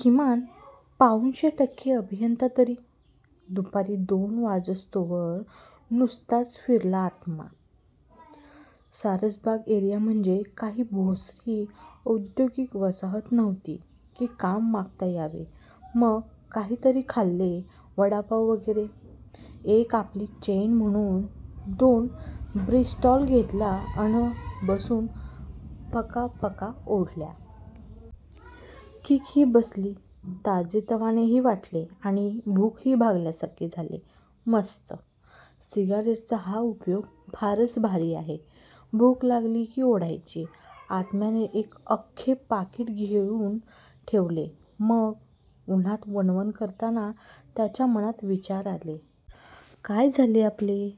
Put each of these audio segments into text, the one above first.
किमान, पाउणशे टक्के अभियंता तरी? दुपारी दोन वाजेस्तोवर नुसताच फिरला आत्मा! सारसबाग एरिया म्हणजे काही भोसरी औद्योगीक वसाहत नव्हती की काम मागता यावे! मग काहीतरी खाल्ले! वडापाव वगैरे! एक आपली चैन म्हणून दोन ब्रिस्टॉल घेतल्या अन बसून फकाफका ओढल्या. किकही बसली, ताजेतवानेही वाटले आणि भूकही भागल्यासारखे झाले. मस्त! सिगारेटचा हा उपयोग फारच भारी आहे. भूक लागली की ओढायची! आत्म्याने एक अख्खे पाकिट घेऊन ठेवले मग! उन्हात वणवण करताना त्याच्या मनात विचार आले. काय झाले आपले?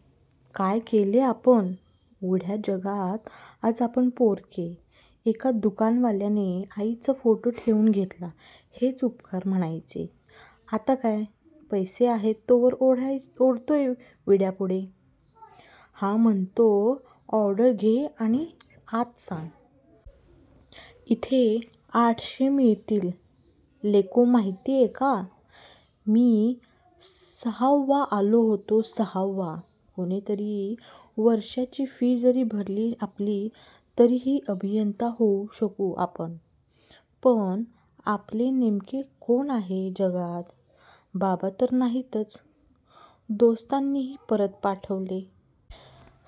काय केले आपण? उघड्या जगात आज आपण पोरके! एका दुकानवाल्याने आईचा फोटो ठेवून घेतला हेच उपकार म्हणायचे! आता काय? पैसे आहेत तोवर ओढतोय विड्या पुढे? हा म्हणतो, ऑर्डर घे आणि आत सांग! इथे आठशे मिळतील, लेको माहितीय का? मी सहाव्वा आलो होतो सहावा! कुणीतरी वर्षाची फी जरी भरली आपली तरीही अभियंता होऊ शकू आपण! पण आपले नेमके कोण आहे जगात? बाबा तर नाहीतच! दोस्तांनीही परत पाठवले.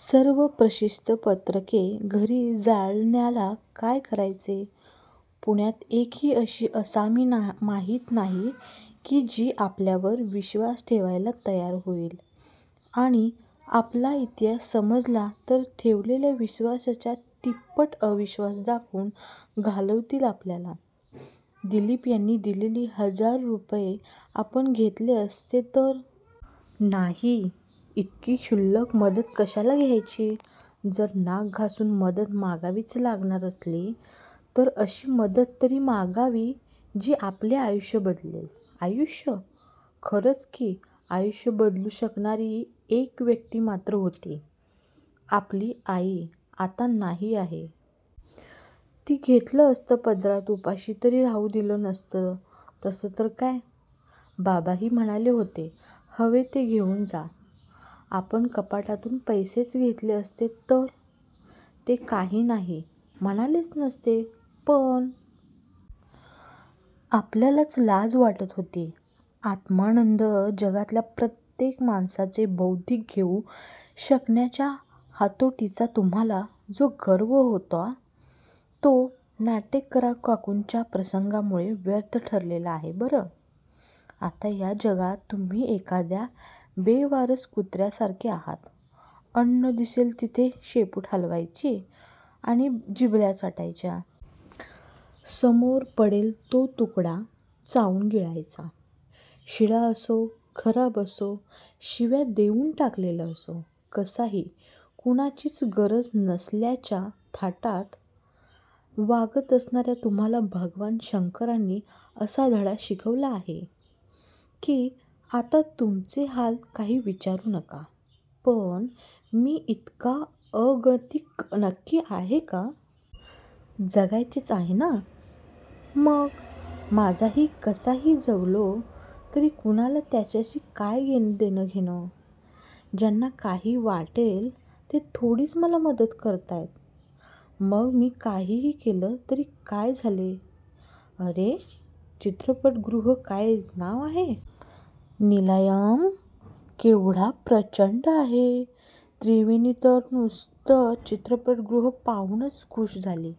सर्व प्रशस्तीपत्रके घरी जालन्याला! काय करायचे? पुण्यात एकही अशी असामी माहीत नाही की जी आपल्यावर विश्वास ठेवायला तयार होईल! आणि आपला इतिहास समजला तर ठेवलेल्या विश्वासाच्या तिप्पट अविश्वास दाखवून घालवतील आपल्याला! दिलीप यांनी दिलेले हजार रुपये आपण घेतले असते तर? नाही! इतकी क्षुल्लक मदत कशाला घ्यायची? जर नाक घासून मदत मागावीच लागंणार असली. तर अशी मदत तरी मागावी.. जी आपले आयुष्य बदलेल. आयुष्य, खरच की आयुष्य बदलू शकणारी एक व्यक्ती मात्र होती. आपली आई आता नाही आहे. ती घेतलं असतं पदरात उपाशी तरी राहू दिलं नसतं तसं तर काय? बाबाही म्हणाले होते हवे ते घेऊन जा, आपण कपाटातून पैसेच घेतले असते तर? ते काही नाही म्हणालेच नसते.. पण.. आपल्यालाच लाज वाटत होती. आत्मानंद जगातल्या प्रत्येक माणसाचे बौद्धिक घेऊ शकण्याच्या हातोटीचा तुम्हाला जो गर्व होता. तो नाटेकरकाकूंच्या प्रसंगामुळे व्यर्थ ठरलेला आहे बरं? आता या जगात तुम्ही एखाद्या बेवारस कुत्र्यासारखे आहात. अन्न दिसेल तिथे शेपूट हालवायची आणि जिभल्या चाटायच्या. समोर पडेल तो तुकडा चावून गिळायचा. शिळा असो, खराब असो, शिव्या देऊन टाकलेला असो, कसाही कुणाचीच गरज नसल्याच्या थाटात वागत असणार्या तुम्हाला भगवान शंकरांनी असा धडा शिकवला आहे. की, आता तुमचे हाल काही विचारू नका, पण मी इतका अगतिक नक्की आहे का?? जगायचेच आहे ना? मग माझा मी कसाही जगलो तरी कुणाला त्याच्याशी काय देणेघेणे? ज्यांना काही वाटेल ते थोडीच मला मदत करतायत? मग मी काहीही केले तरी काय झाले. अरे! चित्रपटगृह काय नांव आहे? नीलायम! केवढं प्रचंड आहे. त्रिवेणी तर नुसतं चित्रपटगृह पाहूनच खुष झाली.